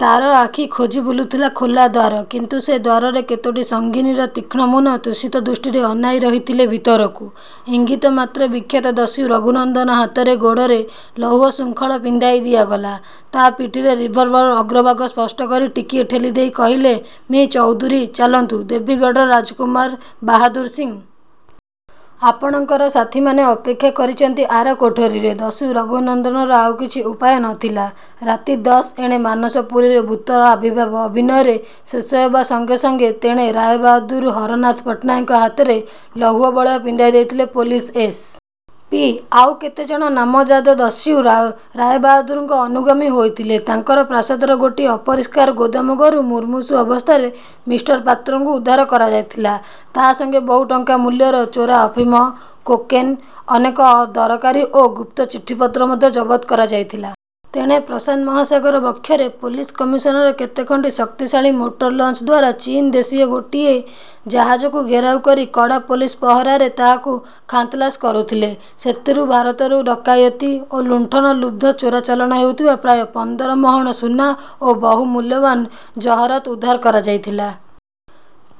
ତା'ର ଆଖି ଖୋଜି ବୁଲୁଥିଲା ଖୋଲା ଦ୍ୱାର। କିନ୍ତୁ ସେ ଦ୍ୱାରରେ କେତୋଟି ସଙ୍ଗୀନର ତୀକ୍ଷ୍ଣ ମୁନ ତୃଷିତ ଦୃଷ୍ଟିରେ ଅନାଇ ରହିଥିଲେ ଭିତରକୁ। ଇଙ୍ଗିତ ମାତ୍ରେ ବିଖ୍ୟାତ ଦସ୍ୟୁ ରଘୁନନ୍ଦନ ହାତରେ, ଗୋଡ଼ରେ ଲୌହ ଶୃଙ୍ଖଳ ପିନ୍ଧାଇ ଦିଆଗଲା। ତା' ପିଠିରେ ରିଭଲଭର୍ର ଅଗ୍ରଭାଗ ସ୍ପର୍ଶ କରି ଟିକିଏ ଠେଲି ଦେଇ କହିଲେ ମି: ଚୌଧୁରୀ-''ଚାଲନ୍ତୁ ଦେବୀଗଡ଼ର ରାଜକୁମାର ବାହାଦୂର ସିଂ! ଆପଣଙ୍କର ସାଥିମାନେ ଅପେକ୍ଷା କରିଛନ୍ତି ଆର କୋଠରୀରେ। '' ଦସ୍ୟୁ ରଘୁନନ୍ଦନର ଆଉ କିଛି ଉପାୟ ନଥିଲା। ରାତି ଦଶ- ଏଣେ ମାନସପୁରୀରେ ଭୂତର ଆବିର୍ଭାବ ଅଭିନୟରେ ଶେଷ ହେବା ସଙ୍ଗେ ସଙ୍ଗେ ତେଣେ ରାୟବାହାଦୂର ହରନାଥ ପଟ୍ଟନାୟକଙ୍କ ହାତରେ ଲୌହ ବଳୟ ପିନ୍ଧାଇଦେଇଥିଲେ ପୋଲିସ ଏସ୍. ପି। ଆଉ କେତେଜଣ ନାମଜାଦା ଦସ୍ୟୁ ରାୟବାହାଦୂରଙ୍କ ଅନୁଗାମୀ ହୋଇଥିଲେ-। ତାଙ୍କର ପ୍ରାସାଦର ଗୋଟାଏ ଅପରିଷ୍କାର ଗୋଦାମ ଘରୁ ମୁମୁର୍ଷୁ ଅବସ୍ଥାରେ ମିଷ୍ଟର ପାତ୍ରଙ୍କୁ ଉଦ୍ଧାର କରାଯାଇଥିଲା। ତା' ସଙ୍ଗେ ବହୁ ଟଙ୍କା ମୂଲ୍ୟର ଚୋରା ଅଫିମ, କୋକେନ୍, ଅନେକ ଦରକାରୀ ଓ ଗୁପ୍ତ ଚିଠି ପତ୍ର ମଧ୍ୟ ଜବଦ୍ କରାଯାଇଥିଲା। ତେଣେ ପ୍ରଶାନ୍ତ ମହାସାଗର ବକ୍ଷରେ ପୋଲିସ କମିଶନର କେତେଖଣ୍ଡି ଶକ୍ତିଶାଳୀ ମୋଟର ଲଞ୍ଚ ଦ୍ୱାରା ଚୀନ୍ ଦେଶୀୟ ଗୋଟାଏ ଜାହାଜକୁ ଘେରାଉ କରି କଡ଼ା ପୋଲିସ ପହରାରେ ତାହାକୁ ଖାନ୍ତଲାସ କରୁଥିଲେ। ସେଥିରୁ ଭାରତରୁ ଡକାୟତୀ ଓ ଲୁଣ୍ଠନ-ଲୁବ୍ଧ ଚୋରା ଚାଲାଣ ହେଉଥିବା ପ୍ରାୟ ପନ୍ଦର ମହଣ ସୁନା ଓ ବହୁ ମୂଲ୍ୟବାନ ଜହରତ୍ ଉଦ୍ଧାର କରାଯାଉଥିଲା।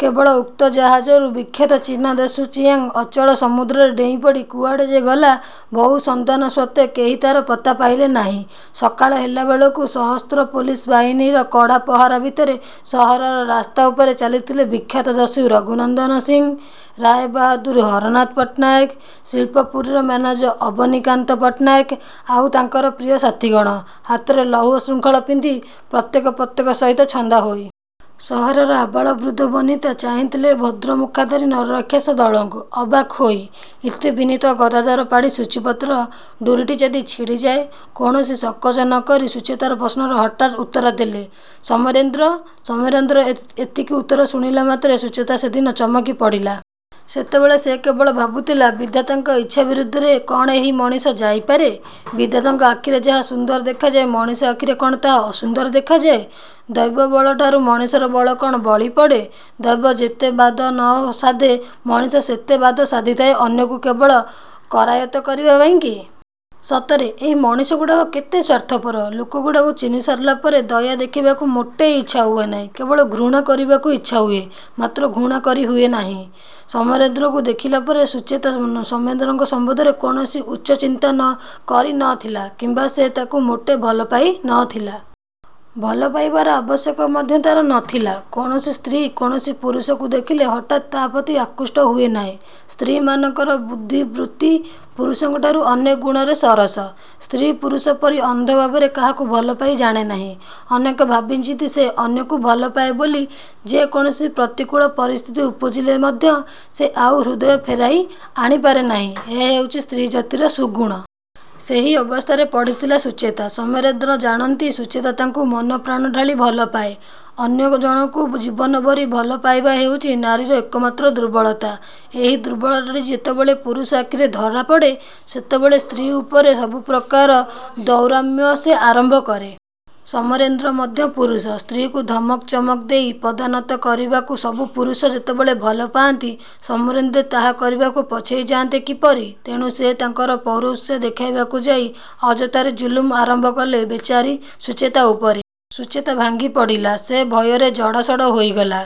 କେବଳ ଉକ୍ତ ଜାହାଜରୁ ବିଖ୍ୟାତ ଚୀନା ଦସ୍ୟୁ ଚିୟାଂ ଅତଳ ସମୁଦ୍ରରେ ଡେଇଁପଡ଼ି କୁଆଡ଼େ ଯେ ଗଲା, ବହୁ ଅନୁସନ୍ଧାନ ସତ୍ୱେ କେହି ତା'ର ପତ୍ତା ପାଇଲେ ନାହିଁ। ସକାଳ ହେଲାବେଳକୁ ସଶସ୍ତ୍ର ପୋଲିସ ବାହିନୀର କଡ଼ା ପହରା ଭିତରେ ସହରର ରାସ୍ତା ଉପରେ ଚାଲିଥିଲେ ବିଖ୍ୟାତ ଦସ୍ୟୁ ରଘୁନନ୍ଦନ ସିଂ, ରାୟବାହାଦୂର ହରନାଥ ପଟ୍ଟନାୟକ, ଶିଳ୍ପପୁରୀର ମ୍ୟାନେଜର ଅବନୀକାନ୍ତ ପଟ୍ଟନାୟକ, ଆଉ ତାଙ୍କର ପ୍ରିୟ ସାଥିଗଣ, ହାତରେ ଲୌହ ଶୃଙ୍ଖଳ ପିନ୍ଧି, ପ୍ରତ୍ୟେକ ପ୍ରତ୍ୟେକ ସହିତ ଛନ୍ଦା ହୋଇ। ସହରର ଆବାଳବୃଦ୍ଧବନିତା ଚାହିଁଥିଲେ ଏ ଭଦ୍ରମୁଖାଧାରୀ ନରରାକ୍ଷସ ଦଳଙ୍କୁ, ଅବାକ୍ ହୋଇ। ଇତି ବିନୀତ ଗଦାଧର ପାଢ଼ୀ ସୂଚୀପତ୍ର '' ''ଡୋରିଟି ଯଦି ଛିଡ଼ିଯାଏ! '' କୌଣସି ସଂକୋଚ ନ କରି ସୁଚେତାର ପ୍ରଶ୍ନର ହଠାତ୍ ଉତ୍ତରଦେଲେ ସମରେନ୍ଦ୍ର। ସମରେନ୍ଦ୍ରର ଏତିକି ଉତ୍ତର ଶୁଣିଲା ମାତ୍ରେ ସୁଚେତା ସେଦିନ ଚମକି ପଡ଼ିଲା। ସେତେବେଳେ ସେ କେବଳ ଭାବୁଥିଲା ବିଧାତାଙ୍କର ଇଚ୍ଛା ବିରୁଦ୍ଧରେ କ'ଣ ଏହି ମଣିଷ ଯାଇପାରେ? ବିଧାତାଙ୍କ ଆଖିରେ ଯାହା ସୁନ୍ଦର ଦେଖାଯାଏ ମଣିଷର ଆଖିରେ କ'ଣ ତାହା ଅସୁନ୍ଦର ଦେଖାଯାଏ? ଦୈବବଳଠାରୁ ମଣିଷର ବଳ କ'ଣ ବଳିପଡ଼େ? ଦୈବ ଯେତେ ବାଦ ନ ସାଧେ ମଣିଷ ସେତେ ବାଦ ସାଧିଥାଏ ଅନ୍ୟକୁ କେବଳ କରାୟତ୍ତ କରିବା ପାଇଁକି? ସତରେ ଏହି ମଣିଷଗୁଡ଼ାକ କେତେ ସ୍ୱାର୍ଥପର। ଲୋକଗୁଡ଼ାକୁ ଚିହ୍ନିସାରିଲା ପରେ ଦୟା ଦେଖେଇବାକୁ ମୋଟେ ଇଚ୍ଛା ହୁଏ ନାହିଁ। କେବଳ ଘୃଣା କରିବାକୁ ଇଚ୍ଛା ହୁଏ ମାତ୍ର ଘୃଣା କରିହୁଏ ନାହିଁ। ସମରେନ୍ଦ୍ରଙ୍କୁ ଦେଖିଲା ପରେ ସୁଚେତା ସମରେନ୍ଦ୍ର ସମ୍ୱନ୍ଧରେ କୌଣସି ଉଚ୍ଚ ଚିନ୍ତା କରି ନ ଥିଲା କିମ୍ୱା ସେ ତାଙ୍କୁ ମୋଟେ ଭଲପାଇ ନ ଥିଲା। ଭଲ ପାଇବାର ଆବଶ୍ୟକ ମଧ୍ୟ ତା'ର ନ ଥିଲା। କୌଣସି ସ୍ତ୍ରୀ କୌଣସି ପୁରୁଷକୁ ଦେଖିଲେ ହଠାତ୍ ତାହା ପ୍ରତି ଆକୃଷ୍ଟ ହୁଏ ନାହିଁ। ସ୍ତ୍ରୀମାନଙ୍କର ବୁଦ୍ଧିବୃତ୍ତି ପୁରୁଷଠାରୁ ଅନେକ ଗୁଣରେ ସରସ। ସ୍ତ୍ରୀ ପୁରୁଷ ପରି ଅନ୍ଧ ଭାବରେ କାହାକୁ ଭଲପାଇ ଜାଣେନାହିଁ। ଅନେକ ଭାବିଚିନ୍ତି ସେ ଅନ୍ୟକୁ ଭଲପାଏ ବୋଲି ଯେ କୌଣସି ପ୍ରତିକୂଳ ପରିସ୍ଥିତି ଉପୁଜିଲେ ମଧ୍ୟ ସେ ଆଉ ହୃଦୟ ଫେରାଇ ଆଣି ପାରେନାହିଁ ଏହା ହେଉଛି ସ୍ତ୍ରୀ ଜାତିର ସୁଗୁଣ। ସେହି ଅବସ୍ଥାରେ ପଡ଼ିଥିଲା ସୁଚେତା। ସମରେନ୍ଦ୍ର ଜାଣନ୍ତି ସୁଚେତା ତାଙ୍କୁ ମନପ୍ରାଣ ଢାଳି ଭଲପାଏ। ଅନ୍ୟ ଜଣକୁ ଜୀବନ ଭରି ଭଲ ପାଇବା ହେଉଛି ନାରୀର ଏକମାତ୍ର ଦୁର୍ବଳତା। ଏହି ଦୁର୍ବଳତାଟି ଯେତେବେଳେ ପୁରୁଷ ଆଖିରେ ଧରାପଡ଼େ, ସେତେବେଳେ ସ୍ତ୍ରୀ ଉପରେ ସବୁପ୍ରକାର ଦୌରାତ୍ମ୍ୟ ସେ ଆରମ୍ଭ କରେ। ସମରେନ୍ଦ୍ର ମଧ୍ୟ ପୁରୁଷ। ସ୍ତ୍ରୀକୁ ଧମକ ଚମକ ଦେଇ ପଦାନତ କରିବାକୁ ସବୁ ପୁରୁଷ ଯେତେବେଳେ ଭଲ ପାଆନ୍ତି ସମରେନ୍ଦ୍ର ତାହା କରିବାକୁ ପଛେଇ ଯାଆନ୍ତେ କିପରି? ତେଣୁ ସେ ତାଙ୍କର ପୌରୁଷ ଦେଖାଇବାକୁ ଯାଇ ଅଯଥାରେ ଜୁଲୁମ ଆରମ୍ଭ କଲେ ବେଚାରୀ ସୁଚେତା ଉପରେ। ସୁଚେତା ଭାଙ୍ଗିପଡ଼ିଲା। ସେ ଭୟରେ ଜଡ଼ସଡ଼ ହୋଇଗଲା।